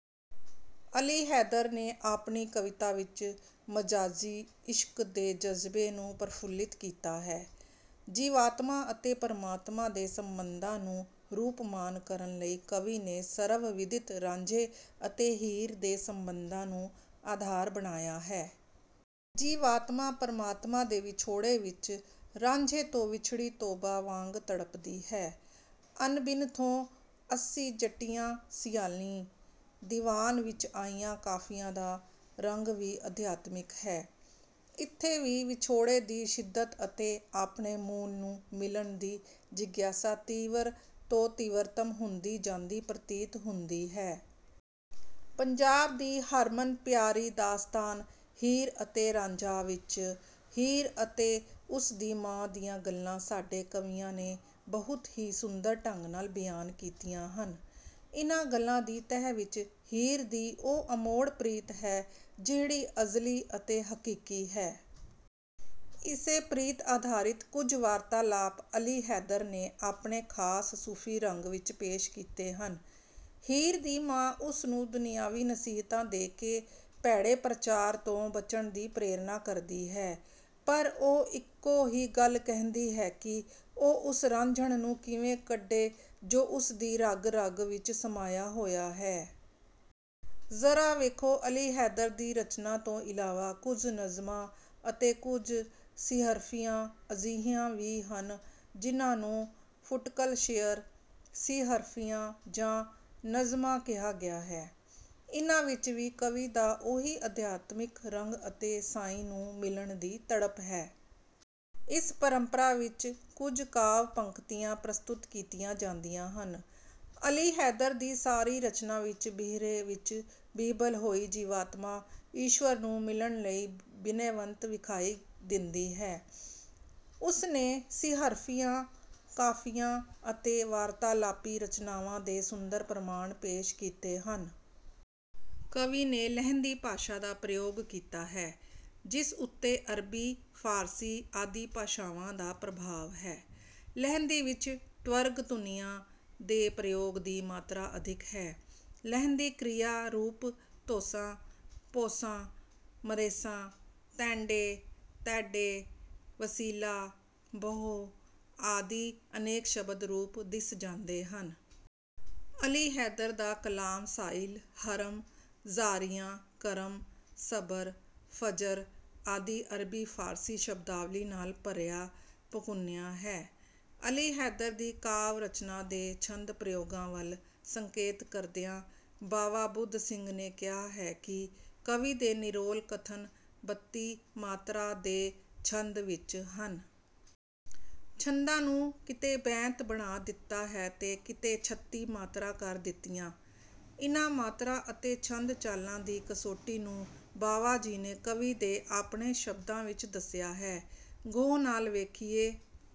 ਅਲੀ ਹੈਦਰ ਨੇ ਆਪਣੀ ਕਵਿਤਾ ਵਿੱਚ ਮਜਾਜ਼ੀ ਇਸ਼ਕ ਦੇ ਜਜ਼ਬੇ ਨੂੰ ਪ੍ਰਫੁੱਲਿਤ ਕੀਤਾ ਹੈ। ਜੀਵਾਤਮਾ ਅਤੇ ਪਰਮਾਤਮਾ ਦੇ ਸੰਬੰਧਾਂ ਨੂੰ ਰੂਪਮਾਨ ਕਰਨ ਲਈ ਕਵੀ ਨੇ ਸਰਵ-ਵਿਦਿਤ ਰਾਂਝੇ ਅਤੇ ਹੀਰ ਦੇ ਸੰਬੰਧਾਂ ਨੂੰ ਆਧਾਰ ਬਣਾਇਆ ਹੈ। ਜੀਵਾਤਮਾ ਪਰਮਾਤਮਾ ਦੇ ਵਿਛੋੜੇ ਵਿੱਚ ਰਾਂਝੇ ਤੋਂ ਵਿਛੜੀ ਤੋਬਾ ਵਾਂਗ ਤੜਪਦੀ ਹੈ। "ਅਨ ਬਿਨ ਥੋਂ ਅਸੀਂ ਜੱਟੀਆਂ ਸਿਆਲੀਂ।" ਦੀਵਾਨ ਵਿੱਚ ਆਈਆਂ ਕਾਫ਼ੀਆਂ ਦਾ ਰੰਗ ਵੀ ਅਧਿਆਤਮਿਕ ਹੈ। ਇੱਥੇ ਵੀ ਵਿਛੋੜੇ ਦੀ ਸ਼ਿੱਦਤ ਅਤੇ ਆਪਣੇ ਮੂਲ ਨੂੰ ਮਿਲਣ ਦੀ ਜਿਗਿਆਸਾ ਤੀਵਰ ਤੋਂ ਤੀਵਰਤਮ ਹੁੰਦੀ ਜਾਂਦੀ ਪ੍ਰਤੀਤ ਹੁੰਦੀ ਹੈ। ਪੰਜਾਬ ਦੀ ਹਰਮਨ ਪਿਆਰੀ ਦਾਸਤਾਨ 'ਹੀਰ ਅਤੇ ਰਾਂਝਾ' ਵਿੱਚ ਹੀਰ ਅਤੇ ਉਸ ਦੀ ਮਾਂ ਦੀਆਂ ਗੱਲਾਂ ਸਾਡੇ ਕਵੀਆਂ ਨੇ ਬਹੁਤ ਹੀ ਸੁੰਦਰ ਢੰਗ ਨਾਲ ਬਿਆਨ ਕੀਤੀਆਂ ਹਨ। ਇਨ੍ਹਾਂ ਗੱਲਾਂ ਦੀ ਤਹਿ ਵਿੱਚ ਹੀਰ ਦੀ ਉਹ ਅਮੋੜ ਪ੍ਰੀਤ ਹੈ ਜਿਹੜੀ ਅਜ਼ਲੀ ਅਤੇ ਹਕੀਕੀ ਹੈ। ਇਸੇ ਪ੍ਰੀਤ ਆਧਾਰਿਤ ਕੁਝ ਵਾਰਤਾਲਾਪ ਅਲੀ ਹੈਦਰ ਨੇ ਆਪਣੇ ਖਾਸ ਸੂਫ਼ੀ ਰੰਗ ਵਿੱਚ ਪੇਸ਼ ਕੀਤੇ ਹਨ। ਹੀਰ ਦੀ ਮਾਂ ਉਸ ਨੂੰ ਦੁਨਿਆਵੀ ਨਸੀਹਤਾਂ ਦੇ ਕੇ ਭੈੜੇ ਪ੍ਰਚਾਰ ਤੋਂ ਬਚਣ ਦੀ ਪ੍ਰੇਰਨਾ ਕਰਦੀ ਹੈ ਪਰ ਉਹ ਇੱਕੋ ਹੀ ਗੱਲ ਕਹਿੰਦੀ ਹੈ ਕਿ ਉਹ ਉਸ ਰਾਂਝਣ ਨੂੰ ਕਿਵੇਂ ਕੱਢੇ ਜੋ ਉਸ ਦੀ ਰਗ-ਰਗ ਵਿੱਚ ਸਮਾਇਆ ਹੋਇਆ ਹੈ। ਜ਼ਰਾ ਵੇਖੋ ਅਲੀ ਹੈਦਰ ਦੀ ਰਚਨਾ ਤੋਂ ਇਲਾਵਾ ਕੁਝ ਨਜ਼ਮਾਂ ਅਤੇ ਕੁਝ ਸੀਹਰਫੀਆਂ ਅਜਿਹੀਆਂ ਵੀ ਹਨ ਜਿਨ੍ਹਾਂ ਨੂੰ ਫੁਟਕਲ ਸ਼ੇਅਰ, ਸੀਹਰਫੀਆਂ ਜਾਂ ਨਜ਼ਮਾਂ ਕਿਹਾ ਗਿਆ ਹੈ। ਇਨ੍ਹਾਂ ਵਿੱਚ ਵੀ ਕਵੀ ਦਾ ਉਹੀ ਅਧਿਆਤਮਿਕ ਰੰਗ ਅਤੇ ਸਾਈਂ ਨੂੰ ਮਿਲਣ ਦੀ ਤੜਪ ਹੈ। ਇਸ ਪਰੰਪਰਾ ਵਿੱਚ ਕੁਝ ਕਾਵਿ-ਪੰਕਤੀਆਂ ਪ੍ਰਸਤੁਤ ਕੀਤੀਆਂ ਜਾਂਦੀਆਂ ਹਨ। ਅਲੀ ਹੈਦਰ ਦੀ ਸਾਰੀ ਰਚਨਾ ਵਿੱਚ ਬਿਹਰੇ ਵਿੱਚ ਬਿਹਬਲ ਹੋਈ ਜੀਵਾਤਮਾ ਈਸ਼ਵਰ ਨੂੰ ਮਿਲਣ ਲਈ ਬਿਨੈਵੰਤ ਵਿਖਾਈ ਦਿੰਦੀ ਹੈ। ਉਸਨੇ ਸੀਹਰਫੀਆਂ, ਕਾਫ਼ੀਆਂ ਅਤੇ ਵਾਰਤਾਲਾਪੀ ਰਚਨਾਵਾਂ ਦੇ ਸੁੰਦਰ ਪ੍ਰਮਾਣ ਪੇਸ਼ ਕੀਤੇ ਹਨ। ਕਵੀ ਨੇ ਲਹਿੰਦੀ ਭਾਸ਼ਾ ਦਾ ਪ੍ਰਯੋਗ ਕੀਤਾ ਹੈ ਜਿਸ ਉੱਤੇ ਅਰਬੀ, ਫਾਰਸੀ ਆਦਿ ਭਾਸ਼ਾਵਾਂ ਦਾ ਪ੍ਰਭਾਵ ਹੈ। ਲਹਿੰਦੀ ਵਿੱਚ ਟਵਰਗ ਧੁਨੀਆਂ ਦੇ ਪ੍ਰਯੋਗ ਦੀ ਮਾਤਰਾ ਅਧਿਕ ਹੈ। ਲਹਿੰਦੀ ਕ੍ਰਿਆ ਰੂਪ ਧੋਸਾਂ, ਪੌਸਾਂ, ਮਰੇਸਾਂ, ਤੈਂਡੇ, ਤੈਡੇ, ਵਸੀਲਾ, ਬਹੁ, ਆਦਿ ਅਨੇਕ ਸ਼ਬਦ ਰੂਪ ਦਿਸ ਜਾਂਦੇ ਹਨ। ਅਲੀ ਹੈਦਰ ਦਾ ਕਲਾਮ ਸਾਇਲ, ਹਰਮ, ਜ਼ਾਰੀਆਂ, ਕਰਮ, ਸਬਰ, ਫ਼ਜਰ ਆਦਿ ਅਰਬੀ ਫਾਰਸੀ ਸ਼ਬਦਾਵਲੀ ਨਾਲ ਭਰਿਆ ਭਕੁੰਨਿਆ ਹੈ। ਅਲੀ ਹੈਦਰ ਦੀ ਕਾਵਿ-ਰਚਨਾ ਦੇ ਛੰਦ ਪ੍ਰਯੋਗਾਂ ਵੱਲ ਸੰਕੇਤ ਕਰਦਿਆਂ ਬਾਵਾ ਬੁੱਧ ਸਿੰਘ ਨੇ ਕਿਹਾ ਹੈ ਕਿ ਕਵੀ ਦੇ ਨਿਰੋਲ ਕਥਨ ਬੱਤੀ 'ਮਾਤਰਾ' ਦੇ ਛੰਦ ਵਿੱਚ ਹਨ। ਛੰਦਾਂ ਨੂੰ ਕਿਤੇ ਬੈਂਤ ਬਣਾ ਦਿੱਤਾ ਹੈ ਤੇ ਕਿਤੇ ਛੱਤੀ ਮਾਤਰਾ ਕਰ ਦਿੱਤੀਆਂ। ਇਨ੍ਹਾਂ ਮਾਤਰਾ ਅਤੇ ਛੰਦ ਚਾਲਾਂ ਦੀ ਕਸੌਟੀ ਨੂੰ ਬਾਵਾ ਜੀ ਨੇ ਕਵੀ ਦੇ ਆਪਣੇ ਸ਼ਬਦਾਂ ਵਿੱਚ ਦੱਸਿਆ ਹੈ। ਗਹੁ ਨਾਲ ਵੇਖੀਏ।